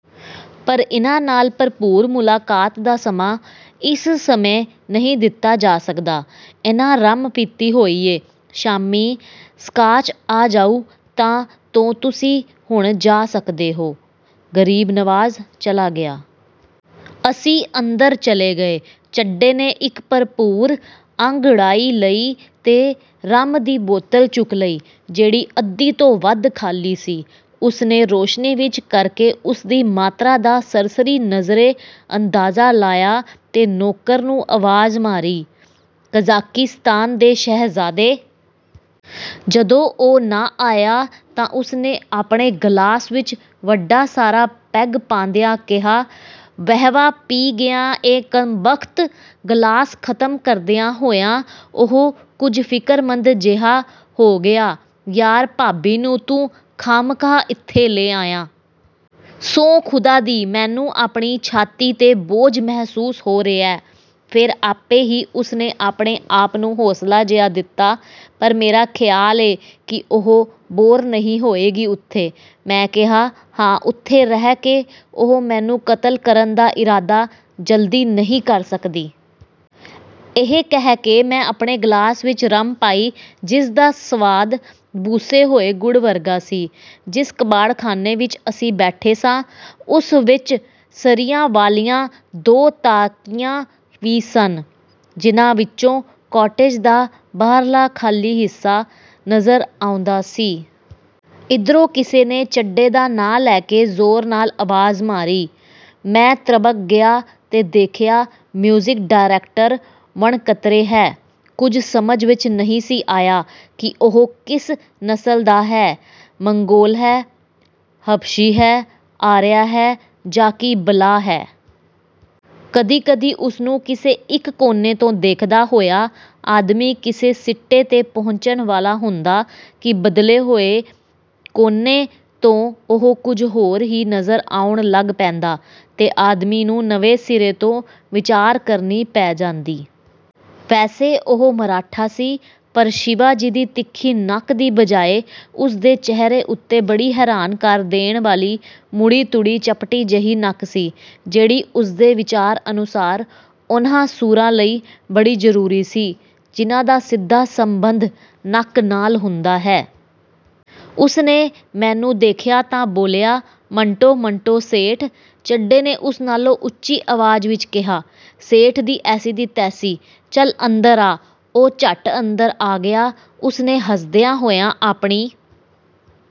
ਪਰ ਇਹਨਾਂ ਨਾਲ ਭਰਪੂਰ ਮੁਲਾਕਾਤ ਦਾ ਸਮਾਂ ਇਸ ਸਮੇਂ ਨਹੀਂ ਦਿੱਤਾ ਜਾ ਸਕਦਾ। ਇਹਨਾਂ ਰੰਮ ਪੀਤੀ ਹੋਈ ਏ। ਸ਼ਾਮੀਂ ਸਕਾਚ ਆ ਜਾਉ ਤਾਂ ਤੋ ਤੁਸੀਂ ਹੁਣ ਜਾ ਸਕਦੇ ਓ। " ਗਰੀਬ ਨਵਾਜ਼ ਚਲਾ ਗਿਆ। ਅਸੀਂ ਅੰਦਰ ਚਲੇ ਗਏ। ਚੱਡੇ ਨੇ ਇਕ ਭਰਪੂਰ ਅੰਗੜਾਈ ਲਈ ਤੇ ਰੰਮ ਦੀ ਬੋਤਲ ਚੁੱਕ ਲਈ, ਜਿਹੜੀ ਅੱਧੀ ਤੋਂ ਵੱਧ ਖ਼ਾਲੀ ਸੀ। ਉਸਨੇ ਰੋਸ਼ਨੀ ਵਿਚ ਕਰਕੇ ਉਸਦੀ ਮਾਤਰਾ ਦਾ ਸਰਸਰੀ ਨਜ਼ਰੇ ਅੰਦਾਜ਼ਾ ਲਾਇਆ ਤੇ ਨੌਕਰ ਨੂੰ ਆਵਾਜ਼ ਮਾਰੀ, "ਕਜਾਕਿਸਤਾਨ ਦੇ ਸ਼ਹਿਜ਼ਾਦੇ! " ਜਦੋਂ ਉਹ ਨਾ ਆਇਆ ਤਾਂ ਉਸਨੇ ਆਪਣੇ ਗਲਾਸ ਵਿਚ ਵੱਡਾ ਸਾਰਾ ਪੈਗ ਪਾਂਦਿਆਂ ਕਿਹਾ, "ਵਹਵਾ ਪੀ ਗਿਆ ਏ ਕੰਮਬਖ਼ਤ! " ਗ਼ਲਾਸ ਖ਼ਤਮ ਕਰਦਿਆਂ ਹੋਇਆਂ ਉਹ ਕੁਝ ਫਿਕਰਮੰਦ ਜਿਹਾ ਹੋ ਗਿਆ, "ਯਾਰ, ਭਾਬੀ ਨੂੰ ਤੂੰ ਖਾਹਮ-ਖਾਹ ਇੱਥੇ ਲੈ ਆਇਆ। ਸੌਂਹ ਖ਼ੁਦਾ ਦੀ ਮੈਨੂੰ ਆਪਣੀ ਛਾਤੀ ਤੇ ਬੋਝ ਮਹਿਸੂਸ ਹੋ ਰਿਹੈ। "ਫੇਰ ਆਪੇ ਹੀ ਉਸਨੇ ਆਪਣੇ ਆਪ ਨੂੰ ਹੌਸਲਾ ਜਿਹਾ ਦਿੱਤਾ, "ਪਰ ਮੇਰਾ ਖਿਆਲ ਏ ਕਿ ਉਹ ਬੋਰ ਨਹੀਂ ਹੋਏਗੀ ਉੱਥੇ। " ਮੈਂ ਕਿਹਾ, "ਹਾਂ, ਉੱਥੇ ਰਹਿ ਕੇ ਉਹ ਮੈਨੂੰ ਕਤਲ ਕਰਨ ਦਾ ਇਰਾਦਾ ਜਲਦੀ ਨਹੀਂ ਕਰ ਸਕਦੀ। " ਇਹ ਕਹਿ ਕੇ ਮੈਂ ਆਪਣੇ ਗਲਾਸ ਵਿਚ ਰੰਮ ਪਾਈ, ਜਿਸਦਾ ਸਵਾਦ ਬੁਸੇ ਹੋਏ ਗੁੜ ਵਰਗਾ ਸੀ। ਜਿਸ ਕਬਾੜਖਾਨੇ ਵਿਚ ਅਸੀਂ ਬੈਠੇ ਸਾਂ, ਉਸ ਵਿਚ ਸਰੀਆਂ ਵਾਲੀਆਂ ਦੋ ਤਾਕੀਆਂ ਵੀ ਸਨ ਜਿਹਨਾਂ ਵਿਚੋਂ ਕਾਟੇਜ ਦਾ ਬਾਹਰਲਾ ਖਾਲੀ ਹਿੱਸਾ ਨਜ਼ਰ ਆਉਂਦਾ ਸੀ। ਇਧਰੋਂ ਕਿਸੇ ਨੇ ਚੱਡੇ ਦਾ ਨਾਂਅ ਲੈ ਕੇ ਜ਼ੋਰ ਨਾਲ ਆਵਾਜ਼ ਮਾਰੀ। ਮੈਂ ਤ੍ਰਬਕ ਗਿਆ ਤੇ ਦੇਖਿਆ ਮਿਊਜ਼ਿਕ ਡਾਇਰੈਕਟਰ ਵਣਕਤਰੇ ਹੈ। ਕੁਝ ਸਮਝ ਵਿਚ ਨਹੀਂ ਸੀ ਆਇਆ ਕਿ ਉਹ ਕਿਸ ਨਸਲ ਦਾ ਹੈ, ਮੰਗੋਲ ਹੈ, ਹਬਸ਼ੀ ਹੈ, ਆਰੀਆ ਹੈ ਜਾਂ ਕੀ ਬਲਾਅ ਹੈ! ਕਦੀ-ਕਦੀ ਉਸਨੂੰ ਕਿਸੇ ਇਕ ਕੋਨੇ ਤੋਂ ਦੇਖਦਾ ਹੋਇਆ ਆਦਮੀ ਕਿਸੇ ਸਿੱਟੇ 'ਤੇ ਪਹੁੰਚਣ ਵਾਲਾ ਹੁੰਦਾ ਕਿ ਬਦਲੇ ਹੋਏ ਕੋਨੇ ਤੋਂ ਉਹ ਕੁਝ ਹੋਰ ਹੀ ਨਜ਼ਰ ਆਉਣ ਲੱਗ ਪੈਂਦਾ ਤੇ ਆਦਮੀ ਨੂੰ ਨਵੇਂ ਸਿਰੇ ਤੋਂ ਵਿਚਾਰ ਕਰਨੀ ਪੈ ਜਾਂਦੀ। ਵੈਸੇ ਉਹ ਮਰਾਠਾ ਸੀ, ਪਰ ਸ਼ਿਵਾ ਜੀ ਦੀ ਤਿੱਖੀ ਨੱਕ ਦੀ ਬਜਾਏ ਉਸਦੇ ਚਿਹਰੇ ਉੱਤੇ ਬੜੀ ਹੈਰਾਨ ਕਰ ਦੇਣ ਵਾਲੀ ਮੁੜੀ-ਤੁੜੀ, ਚਪਟੀ ਜਿਹੀ ਨੱਕ ਸੀ, ਜਿਹੜੀ ਉਸਦੇ ਵਿਚਾਰ ਅਨੁਸਾਰ ਉਹਨਾਂ ਸੁਰਾਂ ਲਈ ਬੜੀ ਜ਼ਰੂਰੀ ਸੀ, ਜਿਹਨਾਂ ਦਾ ਸਿੱਧਾ ਸੰਬੰਧ ਨੱਕ ਨਾਲ ਹੁੰਦਾ ਹੈ। ਉਸਨੇ ਮੈਨੂੰ ਦੇਖਿਆ ਤਾਂ ਬੋਲਿਆ, "ਮੰਟੋ-ਮੰਟੋ ਸੇਠ! " ਚੱਡੇ ਨੇ ਉਸ ਨਾਲੋਂ ਉੱਚੀ ਆਵਾਜ਼ ਵਿਚ ਕਿਹਾ, "ਸੇਠ ਦੀ ਐਸੀ ਦੀ ਤੈਸੀ-ਚੱਲ, ਅੰਦਰ ਆ! " ਉਹ ਝੱਟ ਅੰਦਰ ਆ ਗਿਆ। ਉਸਨੇ ਹੱਸਦਿਆਂ ਹੋਇਆਂ ਆਪਣੀ